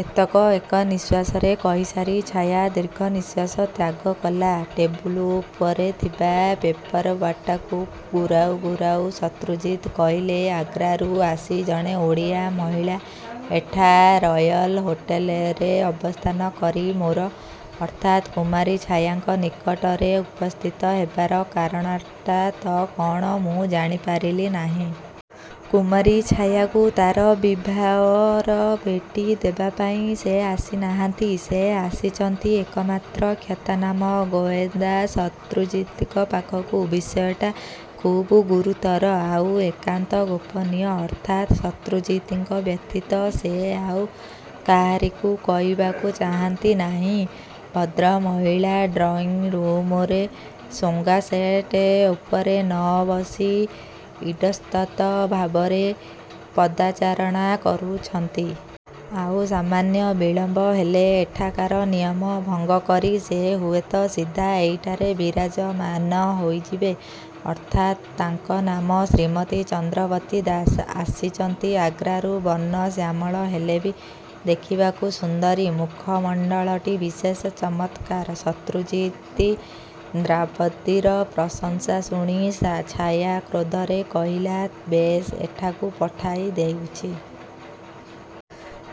ଏତକ ଏକନିଶ୍ୱାସରେ କହିସାରି ଛାୟା ଦୀର୍ଘ ନିଶ୍ୱାସ ତ୍ୟାଗ କଲା। ଟେବୁଲ ଉପରେ ଥିବା ପେପରଓ୍ୱେଟ୍ଟାକୁ ଘୁରାଉ ଘୁରାଉ ଶତ୍ରୁଜିତ୍ କହିଲେ । ଆଗ୍ରାରୁ ଆସି ଜଣେ ଓଡ଼ିଆ ମହିଳା ଏଠା ରୟଲ ହୋଟେଲରେ ଅବସ୍ଥାନ କରି ମୋର ଅର୍ଥାତ୍ କୁମାରୀ ଛାୟାଙ୍କ ନିକଟରେ ଉପସ୍ଥିତ ହେବାର କାରଣଟା ତ କଣ ମୁଁ ଜାଣିପାରିଲି ନାହିଁ? କୁମାରୀ ଛାୟାକୁ ତା'ର ବିବାହର ଭେଟି ଦେବାପାଇଁ ସେ ଆସିନାହାନ୍ତି। ସେ ଆସିଛନ୍ତି ଏକମାତ୍ର ଖ୍ୟାତନାମ ଗୋଏନ୍ଦା ଶତ୍ରୁଜିତଙ୍କ ପାଖକୁ। ବିଷୟଟା ଖୁବ୍ ଗୁରୁତର। ଆଉ ଏକାନ୍ତ ଗୋପନୀୟ। ଅର୍ଥାତ୍ ଶତ୍ରୁଜିତଙ୍କ ବ୍ୟତୀତ ସେ ଆଉ କାହାରିକୁ କହିବାକୁ ଚାହାନ୍ତି ନାହିଁ। ଭଦ୍ରମହିଳା ଡ୍ରଇଂ ରୁମରେ ସୋଙ୍ଗାସେଟ ଉପରେ ନ ବସି ଇତସ୍ତତଃ ଭାବରେ ପଦଚାରଣା କରୁଛନ୍ତି । ଆଉ ସାମାନ୍ୟ ବିଳମ୍ବ ହେଲେ ଏଠାକାର ନିୟମ ଭଙ୍ଗ କରି ସେ ହୁଏତ ସିଧା ଏଇଠାରେ ବିରାଜମାନ ହୋଇଯିବେ। ଅର୍ଥାତ୍ ତାଙ୍କ ନାମ ଶ୍ରୀମତୀ ଚନ୍ଦ୍ରବତୀ ଦାସ। ଆସିଛନ୍ତି ଆଗ୍ରାରୁ ବର୍ଣ୍ଣ ଶ୍ୟାମଳ ହେଲେ ବି ଦେଖିବାକୁ ସୁନ୍ଦରୀ। ମୁଖମଣ୍ତଳଟି ବିଶେଷ ଚମତ୍କାର। ଶତ୍ରୁଜିତ୍ ନ୍ଦ୍ରାବତୀର ପ୍ରଶଂସା ଶୁଣି ସା ଛାୟା କ୍ରୋଧରେ କହିଲା ବେଶ୍ ଏଠାକୁ ପଠାଇ ଦେଉଛି।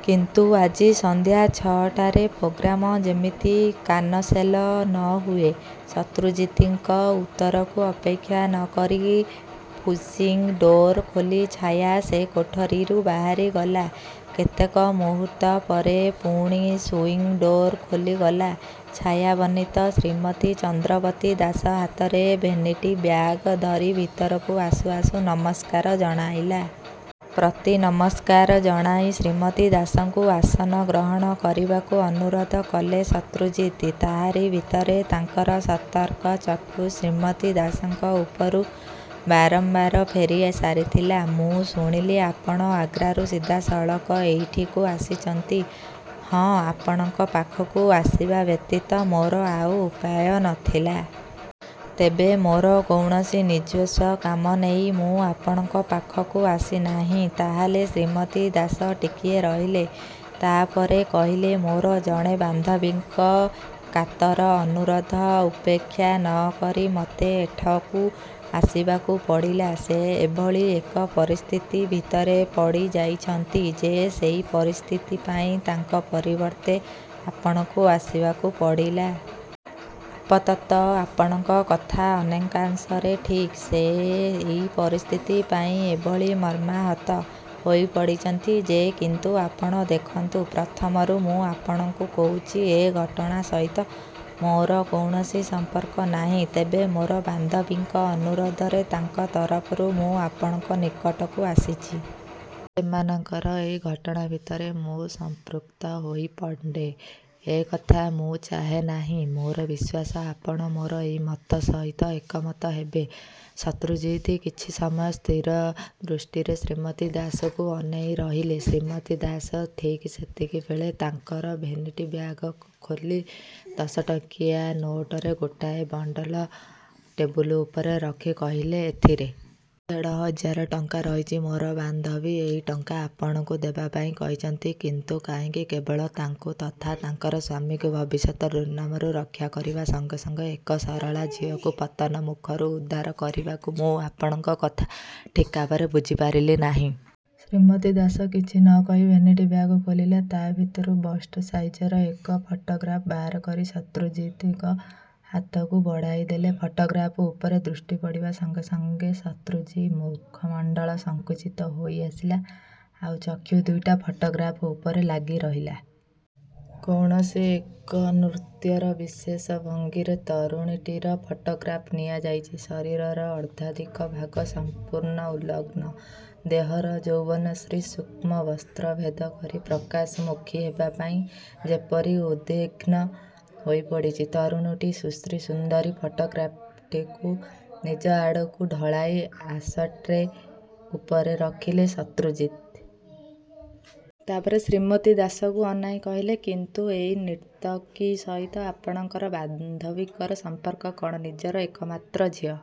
କିନ୍ତୁ ଆଜି ସନ୍ଧ୍ୟା ଛଅଟାରେ ପ୍ରୋଗ୍ରାମ ଯେମିତି କାନସେଲ ନ ହୁଏ! ଶତ୍ରୁଜିତଙ୍କ ଉତ୍ତରକୁ ଅପେକ୍ଷା ନ କରି ପୁସିଙ୍ଗ୍ ଡୋର ଖୋଲି ଛାୟା ସେ କୋଠରିରୁ ବାହାରିଗଲା। କେତେକ ମୁହୂର୍ତ୍ତ ପରେ ପୁଣି ସୁଇଂ ଡୋର ଖୋଲିଗଲା। ଛାୟାବର୍ଣ୍ଣିତ ଶ୍ରୀମତୀ ଚନ୍ଦ୍ରବତୀ ଦାସ ହାତରେ ଭେନିଟି ବ୍ୟାଗ ଧରି ଭିତରକୁ ଆସୁ ଆସୁ ନମସ୍କାର ଜଣାଇଲା। ପ୍ରତିନମସ୍କାର ଜଣାଇ ଶ୍ରୀମତୀ ଦାସଙ୍କୁ ଆସନ ଗ୍ରହଣ କରିବାକୁ ଅନୁରୋଧ କଲେ ଶତ୍ରୁଜିତ୍। ତାହାରି ଭିତରେ ତାଙ୍କର ସତର୍କ ଚକ୍ଷୁ ଶ୍ରୀମତୀ ଦାସଙ୍କ ଉପରୁ ବାରମ୍ବାର ଫେରିସାରିଥିଲା। ମୁଁ ଶୁଣିଲି, ଆପଣ ଆଗ୍ରାରୁ ସିଧାସଳଖ ଏଇଠିକୁ ଆସିଛନ୍ତି? ହଁ, ଆପଣଙ୍କ ପାଖକୁ ଆସିବା ବ୍ୟତୀତ ମୋର ଆଉ ଉପାୟ ନ ଥିଲା। ତେବେ ମୋର କୌଣସି ନିଜସ୍ୱ କାମ ନେଇ ମୁଁ ଆପଣଙ୍କ ପାଖକୁ ଆସିନାହିଁ। ତା ହେଲେ ଶ୍ରୀମତୀ ଦାସ ଟିକିଏ ରହିଲେ। ତା ପରେ କହିଲେ ମୋର ଜଣେ ବାନ୍ଧବୀଙ୍କ କାତର ଅନୁରୋଧ ଉପେକ୍ଷା ନ କରି ମୋତେ ଏଠକୁ ଆସିବାକୁ ପଡ଼ିଲା। ସେ ଏଭଳି ଏକ ପରିସ୍ଥିତି ଭିତରେ ପଡ଼ିଯାଇଛନ୍ତି ଯେ ସେଇ ପରିସ୍ଥିତି ପାଇଁ ତାଙ୍କ ପରିବର୍ତ୍ତେ ଆପଣଙ୍କୁ ଆସିବାକୁ ପଡ଼ିଲା? ଆପ ତତ ଆପଣଙ୍କ କଥା ଅନେକାଂଶରେ ଠିକ୍। ସେ ଏଇ ପରିସ୍ଥିତି ପାଇଁ ଏଭଳି ମର୍ମାହତ ହୋଇପଡ଼ିଛନ୍ତି ଯେ କିନ୍ତୁ ଆପଣ ଦେଖନ୍ତୁ, ପ୍ରଥମରୁ ମୁଁ ଆପଣଙ୍କୁ କହୁଛି ।ଏ ଘଟଣା ସହିତ ମୋର କୌଣସି ସମ୍ପର୍କ ନାହିଁ। ତେବେ ମୋର ବାନ୍ଧବୀଙ୍କ ଅନୁରୋଧରେ ତାଙ୍କ ତରଫରୁ ମୁଁ ଆପଣଙ୍କ ନିକଟକୁ ଆସିଛି। ସେମାନଙ୍କର ଏଇ ଘଟଣା ଭିତରେ ମୁଁ ସଂପୃକ୍ତ ହୋଇପଡ଼େ ଏ କଥା ମୁଁ ଚାହେ ନାହିଁ। ମୋର ବିଶ୍ୱାସ, ଆପଣ ମୋର ଏଇ ମତ ସହିତ ଏକମତ ହେବେ। ଶତ୍ରୁଜିତ୍ କିଛି ସମୟ ସ୍ଥିର ଦୃଷ୍ଟିରେ ଶ୍ରୀମତୀ ଦାସଙ୍କୁ ଅନାଇ ରହିଲେ। ଶ୍ରୀମତୀ ଦାସ ଠିକ୍ ସେତିକିବେଳେ ତାଙ୍କର ଭେନିଟି ବ୍ୟାଗ ଖୋଲି ଦଶଟଙ୍କିଆ ନୋଟରେ ଗୋଟାଏ ବଣ୍ତଲ ଟେବୁଲ ଉପରେ ରଖି କହିଲେ ।ଏଥିରେ ଦେଢ଼ହଜାର ଟଙ୍କା ରହିଛି। ମୋର ବାନ୍ଧବୀ ଏଇ ଟଙ୍କା ଆପଣଙ୍କୁ ଦେବାପାଇଁ କହିଛନ୍ତି। କିନ୍ତୁ କାହିଁକି? କେବଳ ତାଙ୍କୁ ତଥା ତାଙ୍କର ସ୍ୱାମୀଙ୍କୁ ଭବିଷ୍ୟତ ଦୁର୍ନାମରୁ ରକ୍ଷା କରିବା ସଙ୍ଗେ ସଙ୍ଗେ ଏକ ସରଳା ଝିଅକୁ ପତନ ମୂଖରୁ ଉଦ୍ଧାର କରିବାକୁ। ମୁଁ ଆପଣଙ୍କ କଥା ଠିକାବାରେ ବୁଝିପାରିଲି ନାହିଁ। ଶ୍ରୀମତୀ ଦାସ କିଛି ନ କହି ଭେନିଟି ବ୍ୟାଗ ଖୋଲିଲେ। ତା ଭିତରୁ ବଷ୍ଟ୍ ସାଇଜର ଏକ ଫଟୋଗ୍ରାଫ୍ ବାହାରକରି ଶତ୍ରୁଜିତଙ୍କ ହାତକୁ ବଢ଼ାଇଦେଲେ। ଫଟୋଗ୍ରାଫ୍ ଉପରେ ଦୃଷ୍ଟି ପଡ଼ିବା ସଙ୍ଗେ ସଙ୍ଗେ ସତ୍ରୁଜିତମୁଖମଣ୍ତଳ ସଂକୁଚିତ ।ହୋଇଆସିଲା। ଆଉ ଚକ୍ଷୁ ଦୁଇଟା ଫଟୋଗ୍ରାଫ୍ ଉପରେ ଲାଗିରହିଲା। କୌଣସି ଏକ ନୃତ୍ୟର ବିଶେଷ ଭଙ୍ଗୀରେ ତରୁଣୀଟିର ଫଟୋଗ୍ରାଫ୍ ନିଆଯାଇଛି। ଶରୀରର ଅର୍ଦ୍ଧାଧିକ ଭାଗ ସମ୍ପୂର୍ଣ୍ଣ ଉଲଗ୍ନ। ଦେହର ଯୌବନଶ୍ରୀ ସୂକ୍ଷ୍ମ ବସ୍ତ୍ର ଭେଦ କରି ପ୍ରକାଶମୂଖୀ ହେବାପାଇଁ ଯେପରି ଉଦ୍ବିଘ୍ନ ହୋଇପଡ଼ିଛି। ତରୁଣୀଟି ସୁଶ୍ରୀସୁନ୍ଦରୀ। ଫଟୋଗ୍ରାଫ୍ଟିକୁ ନିଜଆଡ଼କୁ ଢଳାଇ ଆସଟ୍ରେ ଉପରେ ରଖିଲେ ଶତ୍ରୁଜିତ୍। ତା ପରେ ଶ୍ରୀମତୀ ଦାସଙ୍କୁ ଅନାଇ କହିଲେ କିନ୍ତୁ ଏଇ ନିର୍ତ୍ତକୀ ସହିତ ଆପଣଙ୍କର ବାନ୍ଧବୀଙ୍କର ସମ୍ପର୍କ କଣ? ନିଜର ଏକମାତ୍ର ଝିଅ।